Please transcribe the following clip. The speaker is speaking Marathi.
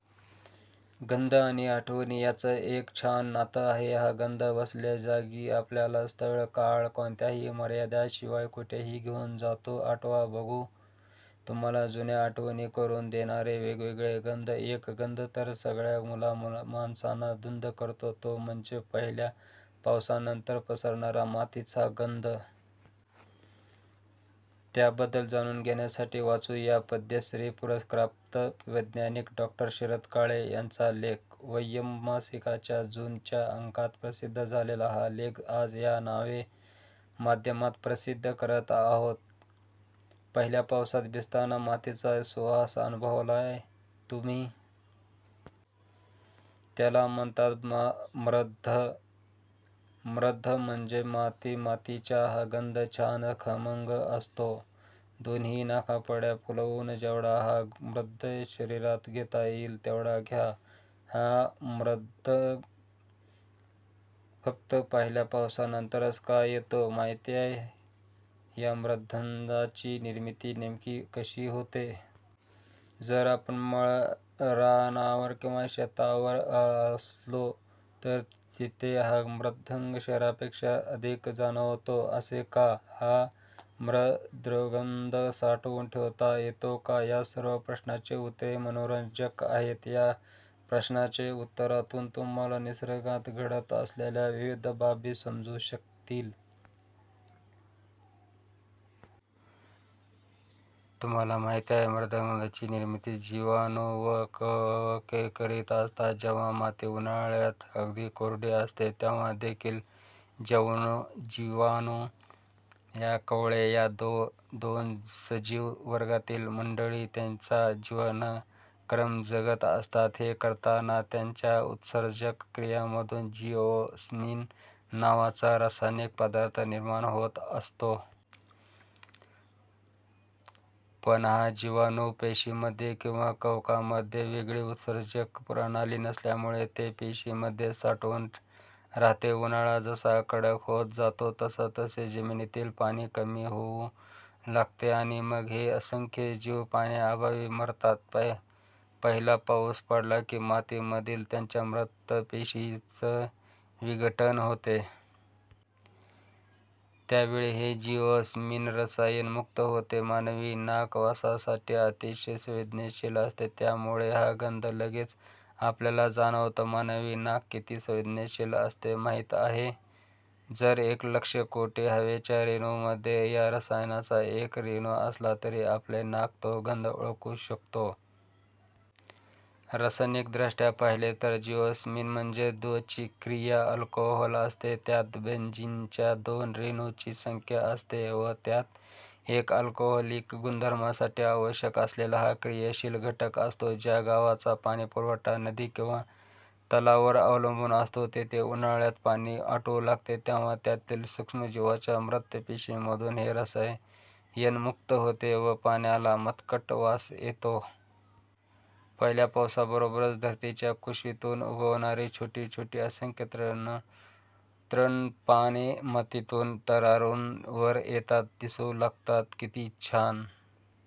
गंध आणि आठवणी याचं एक छान नातं आहे. हा गंध बसल्याजागी आपल्याला स्थळ-काळ कोणत्याही मर्यादेशिवाय कुठेही घेऊन जातो. आठवा बघू तुम्हाला जुन्या आठवणी करून देणारे वेगवेगळे गंध! एक गंध तर सगळ्या मुला-माणसांना धुंद करतो तो म्हणजे पहिल्या पावसानंतर पसरणारा मातीचा गंध... त्याबद्दल जाणून घेण्यासाठी वाचू या पद्मश्री पुरस्कारप्राप्त वैज्ञानिक डॉ. शरद काळे यांचा लेख! 'वयम्' मासिकाच्या जून च्या अंकात प्रसिद्ध झालेला हा लेख आज या नव्या माध्यमात प्रसिद्ध करत आहोत. पहिल्या पावसात भिजताना मातीचा सुवास अनुभवलाय तुम्ही? त्याला म्हणतात मृद्गंध. मृदा म्हणजे माती. मातीच्या हा गंध छान खमंग असतो. दोन्ही नाकपुड्या फुलवून जेवढा हा मृद्गंध शरीरात घेता येईल तेवढा घ्या. हा मृद्गंध फक्त पहिल्या पावसानंतरच कां येतो, माहितीये? या मृद्गंधाची निर्मिती नेमकी कशी होते? जर आपण माळरानावर किंवा शेतावर अ सलो तर तिथे हा मृद्गंध शहरापेक्षा अधिक जाणवतो. असे कां? हा मृद्गंध साठवून ठेवता येतो का? या सर्व प्रश्नांची उत्तरे मनोरंजक आहेत. या प्रश्नांच्या उत्तरातून तुम्हांला निसर्गात घडत असलेल्या विविध बाबी समजू शकतील. तुम्हांला माहितीये, मृद्गंधाची निर्मिती जीवाणू व कवके करीत असतात. जेव्हा माती उन्हाळ्यात अगदी कोरडी असते, तेव्हा देखील जीवाणू व कवके या दोन सजीव वर्गातील मंडळी त्यांचा जीवनक्रम जगत असतात. हे करताना त्यांच्या उत्सर्जक क्रियांमधून जिओस्मिन' नावाचा रासायनिक पदार्थ निर्माण होत असतो. पण ह्या जीवाणू पेशींमध्ये किंवा कवकांमध्ये वेगळी उत्सर्जक प्रणाली नसल्यामुळे ते पेशींमध्ये साठून राहते. उन्हाळा जसा कडक होत जातो, तसतसे जमिनीतील पाणी कमी होऊ लागते आणि मग हे असंख्य जीव पाण्याअभावी मरतात. पहिला पाऊस पडला की मातीमधील त्यांच्या मृत पेशीचे विघटन होते. त्यावेळी हे जिओस्मिन रसायन मुक्त होते. मानवी नाक वासासाठी अतिशय संवेदनशील असते. त्यामुळे हा गंध लगेच आपल्याला जाणवतो. मानवी नाक किती संवेदनशील असते, माहीत आहे? जर एक लक्ष कोटी हवेच्या रेणूंमध्ये या रसायनाचा एक रेणू असला, तरी आपले नाक तो गंध ओळखू शकतो! रासायनिक दृष्ट्या पाहिले तर जिओस्मिन म्हणजे द्विचक्रीय अल्कोहोल असते. त्यात बेन्झीनच्या दोन रेणूंची साखळी असते व त्यात एक अल्कोहोलिक गुणधर्मासाठी आवश्यक असलेला हा क्रियाशील घटक असतो. ज्या गावचा पाणीपुरवठा नदी किंवा तलावावर अवलंबून असतो, तिथे उन्हाळ्यात पाणी आटू लागते, तेव्हा त्यातील सूक्ष्म जीवांच्या मृत पेशींमधून हे रसायन मुक्त होते व पाण्याला मातकट वास येतो. पहिल्या पावसाबरोबरच धरतीच्या कुशीतून उगवणारी छोटी छोटी असंख्य तृणपाने मातीतून तरारून वर येताना दिसू लागतात. किती छान